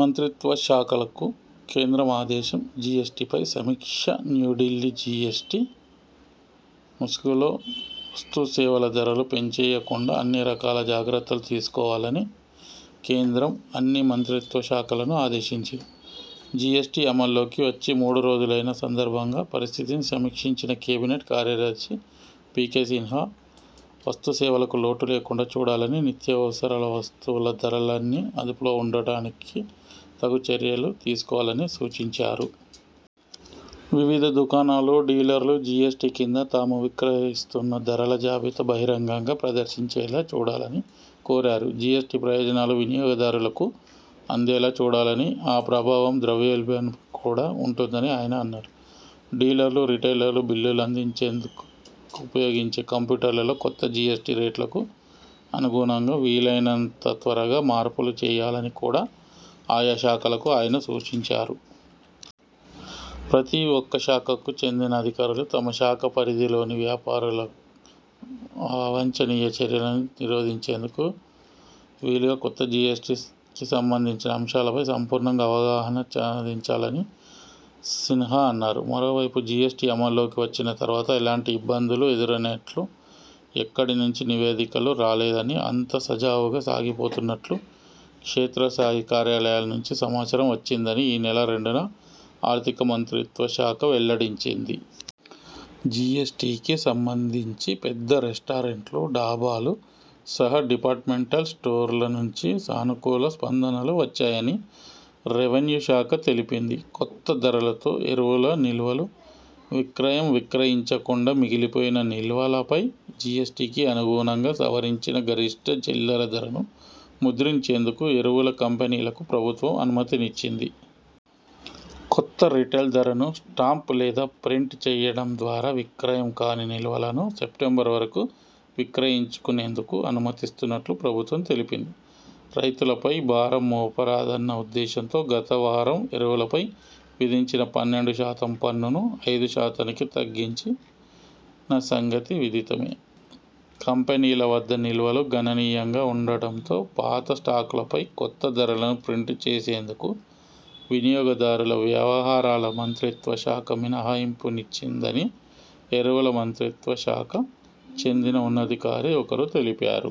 మంత్రిత్వ శాఖలకు కేంద్రం ఆదేశం జిఎస్టిపై సమీక్షన్యూఢిల్లీ జిఎస్టి ముసుగులో వస్తుసేవల ధరలు పెంచేయకుండా అన్ని రకాల జాగ్రత్తలు తీసుకోవాలని కేంద్రం అన్ని మంత్రిత్వ శాఖలను ఆదేశించింది. జిఎస్టి అమల్లోకి వచ్చి మూడు రోజులైన సందర్భంగా పరిస్థితిని సమీక్షించిన కేబినెట్ కార్యదర్శి పికె సిన్హా వస్తుసేవలకు లోటు లేకుండా చూడాలని, నిత్యావసర వస్తువుల ధరలన్నీ అదుపులో ఉండడానికి తగు చర్యలు తీసుకోవాలని సూచించారు. వివిధ దుకాణాలు, డీలర్లు జిఎ్సటి కింద తాము విక్రయిస్తున్న ధరల జాబితా బహిరంగంగా ప్రదర్శించేలా చూడాలని కోరారు. జిఎ్సటి ప్రయోజనాలు వినియోగదారులకు అందేలా చూడాలని, ఆ ప్రభావం ద్రవ్యోల్బణంపై కూడా ఉంటుందని ఆయన అన్నారు. డీలర్లు, రిటైలర్లు బిల్లులందించేందుకు ఉపయోగించే కంప్యూటర్లలో కొత్త జిఎస్టి రేట్లకు అనుగుణంగా వీలైనంత త్వరగా మార్పులు చేయాలని కూడా ఆయాశాఖలకు ఆయన సూచించారు. ప్రతి ఒక్క శాఖకు చెందిన అధికారులు తమ శాఖ పరిధిలోని వ్యాపారుల అవాంఛనీయ చర్యలను నిరోధించేందుకు వీలుగా కొత్త జిఎస్టికి సంబంధించిన అంశాలపై సంపూర్ణ అవగాహన సాధించాలని సిన్హా అన్నారు. మరోవైపు జిఎ్సటి అమల్లోకి వచ్చిన తర్వాత ఎలాంటి ఇబ్బందులు ఎదురైనట్లు ఎక్కడి నుంచి నివేదికలు రాలేదని, అంతా సజావుగా సాగిపోతున్నట్లు క్షేత్ర స్థాయి కార్యాలయాల నుంచి సమాచారం వచ్చిందని ఈ నెల రెండున ఆర్థిక మంత్రిత్వ శాఖ వెల్లడించింది. జిఎ్సటికి సంబంధించి పెద్ద రెస్టారెంట్లు, దాబాలు సహా డిపార్ట్మెంటల్ స్టోర్ల నుంచి సానుకూల స్పందనలు వచ్చాయని రెవెన్యూ శాఖ తెలిపింది. కొత్త ధరలతో ఎరువుల నిల్వలు విక్రయంవిక్రయించకుండా మిగిలిపోయిన నిల్వలపై జిఎ్సటికి అనుగుణంగా సవరించిన గరిష్ఠ చిల్లర ధర ను ముద్రించేందుకు ఎరువుల కంపెనీలకు ప్రభుత్వం అనుమతినిచ్చింది. కొత్త రిటైల్ ధరను స్టాంప్ లేదా ప్రింట్ చేయటం ద్వారా విక్రయం కాని నిల్వలను సెప్టెంబరు వరకు విక్రయించుకునేందుకు అనుమతిస్తున్నట్లు ప్రభుత్వం తెలిపింది. రైతులపై భారం మోపరాదన్న ఉద్దేశంతో గతవారం ఎరువులపై విధించిన పన్నెండు శాతం పన్నును ఐదు శాతానికి తగ్గించిన సంగతి విదితమే. కంపెనీల వద్ద నిల్వలు గణనీయంగా ఉండటంతో పాత స్టాకులపై కొత్త ధరలను ప్రింట్ చేసేందుకు వినియోగదారుల వ్యవహారాల మంత్రిత్వ శాఖ మినహాయింపునిచ్చిందని ఎరువుల మంత్రిత్వ శాఖకు చెందిన ఉన్నతాధికారి ఒకరు తెలిపారు.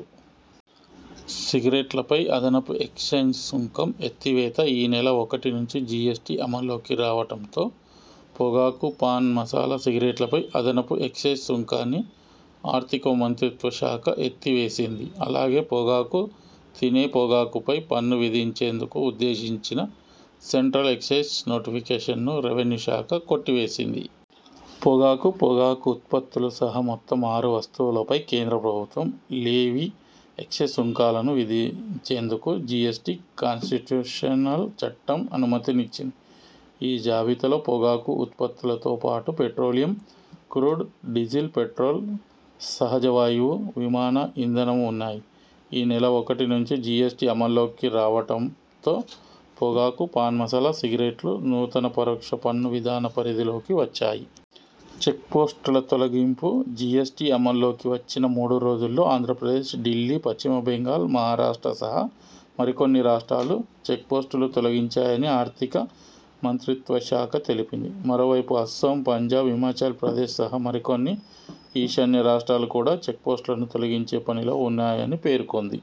సిగరెట్లపై అదనపు ఎక్సైజ్ సుంకం ఎత్తివేత ఈ నెల ఒకటి నుంచి జిఎస్టి అమల్లోకి రావటంతో పొగాకు, పాన్ మసాలా, సిగరెట్లపై అదనపు ఎక్సైజ్ సుంకాన్ని ఆర్థిక మంత్రిత్వ శాఖ ఎత్తివేసింది. అలాగే పొగాకు, తినే పొగాకుపై పన్ను విధించేందుకు ఉద్దేశించిన సెంట్రల్ ఎక్సైజ్ నోటిఫికేషన్ను రెవెన్యూ శాఖ కొట్టివేసింది. పొగాకు, పొగాకు ఉత్పత్తులు సహా మొత్తం ఆరు వస్తువులపై కేంద్ర ప్రభుత్వం లెవీ ఎక్సైజ్ సుంకాలను విధించేందుకు జిఎ్సటి కానిస్టిట్యూషనల్ చట్టం అనుమతినిచ్చింది. ఈ జాబితాలో పొగాకు ఉత్పత్తులతో పాటు పెట్రోలియం క్రూడ్, డీజిల్, పెట్రోల్, సహజవాయువు, విమాన ఇంధనం ఉన్నాయి. ఈ నెల ఒకటి నుంచి జిఎ్సటి అమల్లోకి రావటంతో పొగాకు, పాన్ మసాలా, సిగరెట్లు నూతన పరోక్ష పన్ను విధాన పరిధిలోకి వచ్చాయి. చెక్పోస్టుల తొలగింపు జిఎ్సటి అమల్లోకి వచ్చిన మూడు రోజుల్లో ఆంధ్రప్రదేశ్, ఢిల్లీ, పశ్చిమ బెంగాల్, మహారాష్ట్ర సహా మరికొన్ని రాష్ట్రాలు చెక్పోస్టులు తొలగించాయని ఆర్థిక మంత్రిత్వ శాఖ తెలిపింది. మరోవైపు అస్సోం, పంజాబ్, హిమాచల్ ప్రదేశ్ సహా మరికొన్ని ఈశాన్య రాష్ట్రాలు కూడా చెక్పోస్టులను తొలగించే పనిలో ఉన్నాయని పేర్కొంది.